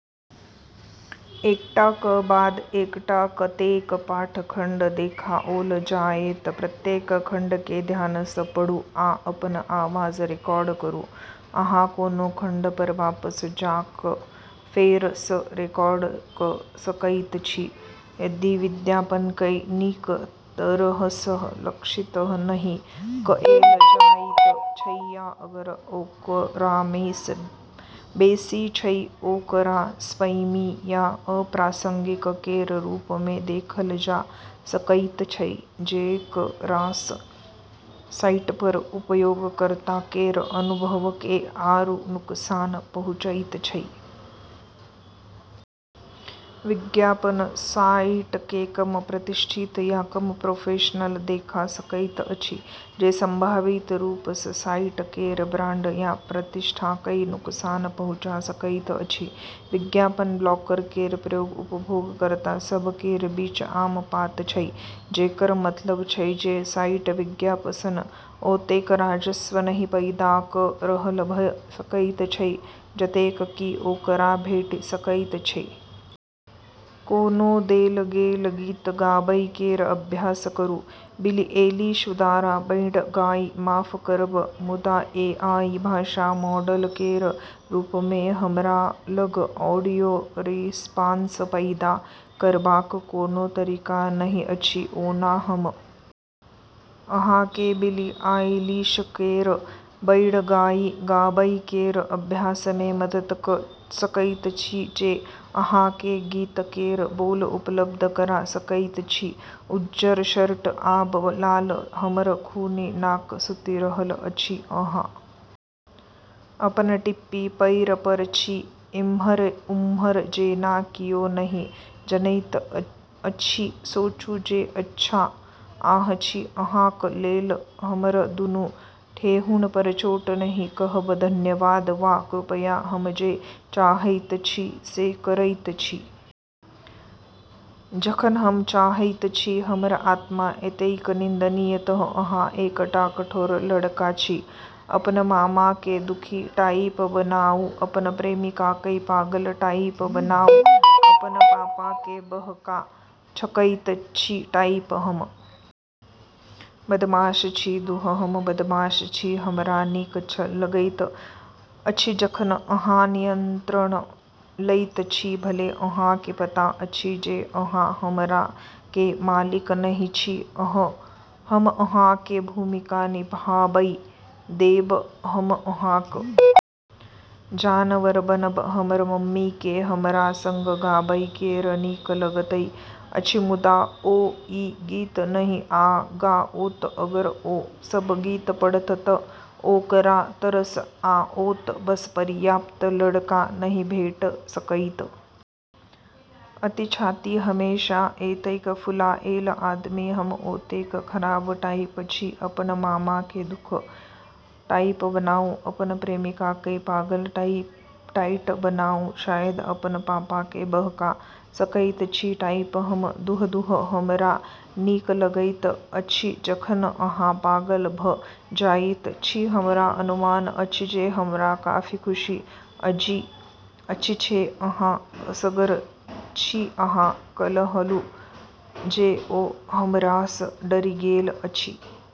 यदि विज्ञापनकेँ नीक तरहसँ लक्षित नहि कएल जाइत छै या अगर ओकरामेसँ बेसी छै तऽ ओकरा स्पैमी या अप्रासंगिक केर रूपमे देखल जा सकैत छै, जेकरासँ साइटपर उपयोगकर्ता केर अनुभवकेँ आरू नुकसान पहुँचैत छै। विज्ञापन साइटकेँ कम प्रतिष्ठित या कम प्रोफेशनल देखा सकैत अछि, जे संभावित रूपसँ साइट केर ब्रांड या प्रतिष्ठाकेँ नुकसान पहुँचा सकैत अछि। विज्ञापन-ब्लॉकर केर प्रयोग उपयोगकर्ता सभ केर बीच आम बात छै, जेकर मतलब छै जे साइट विज्ञापनसँ ओतेक राजस्व नहि पैदा कऽ रहल भऽ सकैत छै जतेक कि ओकरा भेटि सकैत छै। कोनो देल गेल गीत गाबै केर अभ्यास करू। बिली एलिश द्वारा "बैड गाइ" माफ करब, मुदा एआई भाषा मॉडल केर रूपमे हमरा लग ऑडियो रिस्पांस पैदा करबाक कोनो तरीका नहि अछि। ओना, हम अहाँकेँ बिली आइलिश केर "बैड गाइ" गाबै केर अभ्यासमे मदद कऽ सकैत छी जे अहाँकेँ गीत केर बोल उपलब्ध करा सकैत छी: उज्जर शर्ट आब लाल, हमर खूनी नाक सुति रहल अछि, अहाँ अपन टिप्पी पैरपर छी ' इम्हर-उम्हर जेना कियो नहि जनैत अछि सोचू जे अहाँ छी अहाँक लेल हमर दुनू ठेहुनपर चोट नहि कहब धन्यवाद वा कृपया हम जे चाहैत छी से करैत छी जखन हम चाहैत छी हमर आत्मा एतेक निंदनीय तऽ अहाँ एकटा कठोर लड़का छी '' अपन मामाकेँ दुखी टाइप बनाउ अपन प्रेमिकाकेँ पागल टाइट बनाउ अपन पापाकेँ बहका सकैत छी टाइप हम बदमाश छी, दुह हम बदमाश छी हमरा नीक लगैत अछि जखन अहाँ नियंत्रण लैत छी भले अहाँकेँ पता अछि जे अहाँ हमरा के मालिक नहि छी, हम अहाँकेँ भूमिका निभाबै देब हम अहाँक जानवर बनब हमर मम्मीकेँ हमरा संग गाबै केर नीक लगैत अछि मुदा ओ ई गीत नहि गाओत अगर ओ सब गीत पढ़त तऽ ओकरा तरस आओत ' बस पर्याप्त लड़का नहि भेट सकैत अछि छाती हमेशा एतेक फुलाएल आदमी हम ओतेक खराब टाइप छी अपन मामाकेँ दुखी टाइप बनाउ अपन प्रेमिकाकेँ पागल टाइट बनाउ शायद अपन पापाकेँ बहका सकैत छी टाइप हम ', दुह ', दुह '', हमरा नीक लगैत अछि जखन अहाँ पागल भऽ जाइत छी हमरा अनुमान अछि जे हमरा काफी खुशी अछि जे अहाँ असगर छी अहाँ कहलहुँ जे ओ हमरासँ डरि गेल अछि?